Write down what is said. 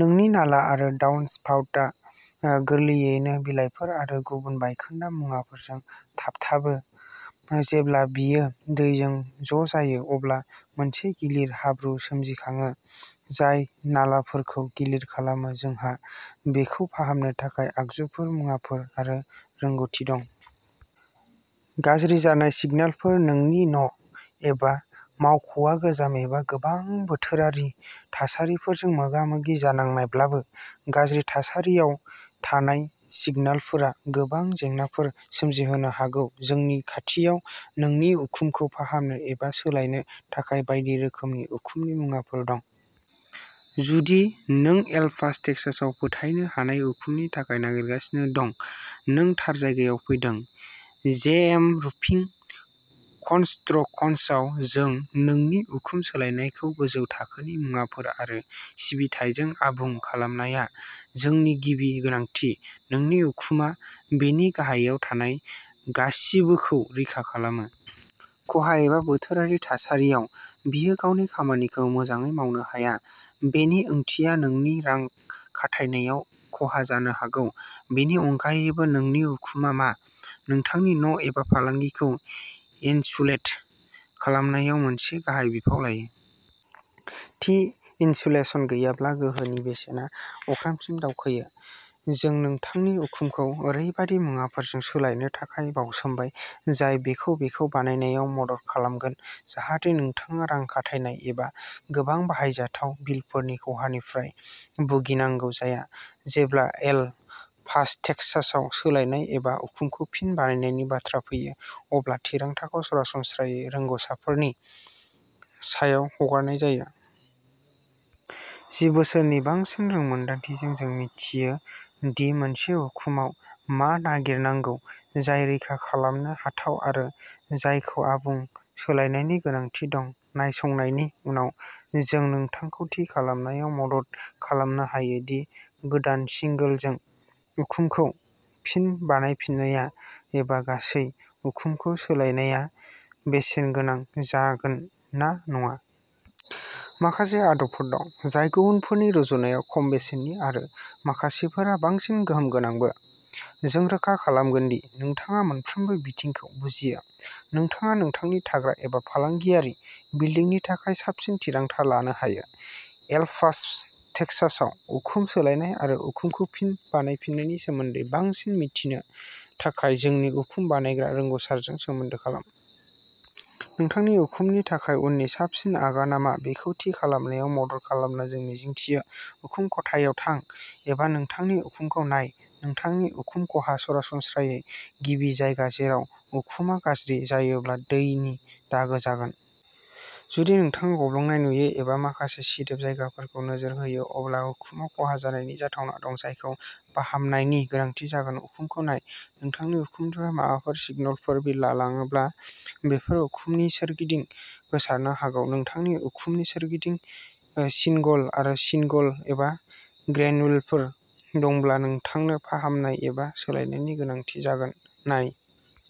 नोंनि नाला आरो डाउनस्पाउटआ गोरलैयैनो बिलाइफोर आरो गुबुन बायखोन्दा मुवाफोरजों थाबथाबो। जेब्ला बेयो दैजों ज' जायो, अब्ला मोनसे गिलिर हाब्रु सोमजिखाङो, जाय नालाफोरखौ गिलिर खालामो। जोंहा बेखौ फाहामनो थाखाय आगजुफोर, मुवाफोर आरो रोंग'थि दं। गाज्रि जानाय सिनगलफोर नोंनि न' एबा मावख'आ गोजाम एबा गोबां बोथोरारि थासारिफोरजों मोगा-मोगि जानांब्लाबो गाज्रि थासारियाव थानाय सिनगलफोरा गोबां जेंनाफोर सोमजिहोनो हागौ। जोंनि खाथियाव नोंनि उखुमखौ फाहामनो एबा सोलायनो थाखाय बायदि रोखोमनि उखुमनि मुवाफोर दं। जुदि नों एल पास टेक्सासआव फोथायनो हानाय उखुमनि थाखाय नागिरगासिनो दं। नों थार जायगायाव फैदों। जेएम रुफिं कन्सट्रक्सनआव जों नोंनि उखुम सोलायनायखौ गोजौ थाखोनि मुवाफोर आरो सिबिथाइजों आबुं खालामनाया जोंनि गिबि गोनांथि। नोंनि उखुमआ बेनि गाहायाव थानाय गासिबोखौ रैखा खालामो। खहा एबा बोथोरारि थासारियाव, बेयो गावनि खामानिखौ मोजाङै मावनो हाया। बेनि ओंथिया नोंनि रां खाथायनायाव खहा जानो हागौ। बेनि अनगायैबो नोंनि उखुमआ मा? नोंथांनि न' एबा फालांगिखौ इनसुलेट खालामनायाव मोनसे गाहाय बिफाव लायो। थि इनसुलेशन गैयाब्ला, गोहोनि बेसेना अख्रांसिम दावखोयो। जों नोंथांनि उखुमखौ ओरैबायदि मुवाफोरजों सोलायनो थाखाय बाउसोमबाय, जाय बेखौ बेखौ बानायनायाव मदद खालामगोन जाहाथे नोंथाङा रां खाथायनाय एबा गोबां बाहायजाथाव बिलफोरनि खहानिफ्राय भुगिनांगौ जाया। जेब्ला एल पास'टेक्सासआव सोलायनाय एबा उखुमखौ फिन बानायनायनि बाथ्रा फैयो, अब्ला थिरांथाखौ सरासनस्रायै रोंग'सारफोरनि सायाव हगारनाय जायो। जि बोसोरनि बांसिन रोंमोन्दांथिजों, जों मिथियो दि मोनसे उखुमआव मा नागिरनांगौ जाय रैखा खालामनो हाथाव आरो जायखौ आबुं सोलायनायनि गोनांथि दं। नायसंनायनि उनाव, जों नोंथांखौ थि खालामनायाव मदद खालामनो हायो दि गोदान सिंगोलजों उखुमखौ फिन बानायफिननाया एबा गासै उखुमखौ सोलायनाया बेसेन गोनां जागोन ना नङा। माखासे आदबफोर दं जाय गुबुनफोरनि रुजुनायाव खम बेसेननि आरो माखासेफोरा बांसिन गोहोम गोनांबो। जों रोखा खालामगोन दि नोंथाङा मोनफ्रोमबो बिथिंखौ बुजियो। नोंथाङा नोंथांनि थाग्रा एबा फालांगियारि बिलदिंनि थाखाय साबसिन थिरांथा लानो हायो। एल पास'टेक्सासआव उखुम सोलायनाय आरो उखुमखौ फिन बानायफिन्नायनि सोमोन्दै बांसिन मिथिनो थाखाय, जोंनि उखुम बानायग्रा रोंग'सारजों सोमोन्दो खालाम। नोंथांनि उखुमनि थाखाय उननि साबसिन आगानआ मा बेखौ थि खालामनायाव मदद खालामनो जों मिजिंथियो। उखुम खथायाव थां एबा नोंथांनि उखुमखौ नाय। नोंथांनि उखुम ख'हा सरासनस्रायै गिबि जायगा जेराव उखुमआ गाज्रि जायोब्ला दैनि दागो जागोन। जुदि नोंथाङा गब्लंनाय नुयो एबा माखासे सिदोब जायगाफोरखौ नोजोर होयो, अब्ला उखुमाव खहा जानायनि जाथावना दं। जायखौ फाहामनायनि गोनांथि जागोन। उखुमखौ नाय नोंथांनि उखुमनिफ्राय माबाफोर सिनगलफोर बिरलाङोब्ला, बेफोर उखुमनि सोरगिदिं गोसारनो हागौ। नोंथांनि उखुमनि सोरगिदिं सिनगल, गासै सिनगल एबा ग्रेनयुलफोर दंब्ला, नोंथांनो फाहामनाय एबा सोलायनायनि गोनांथि जागोन। नाय।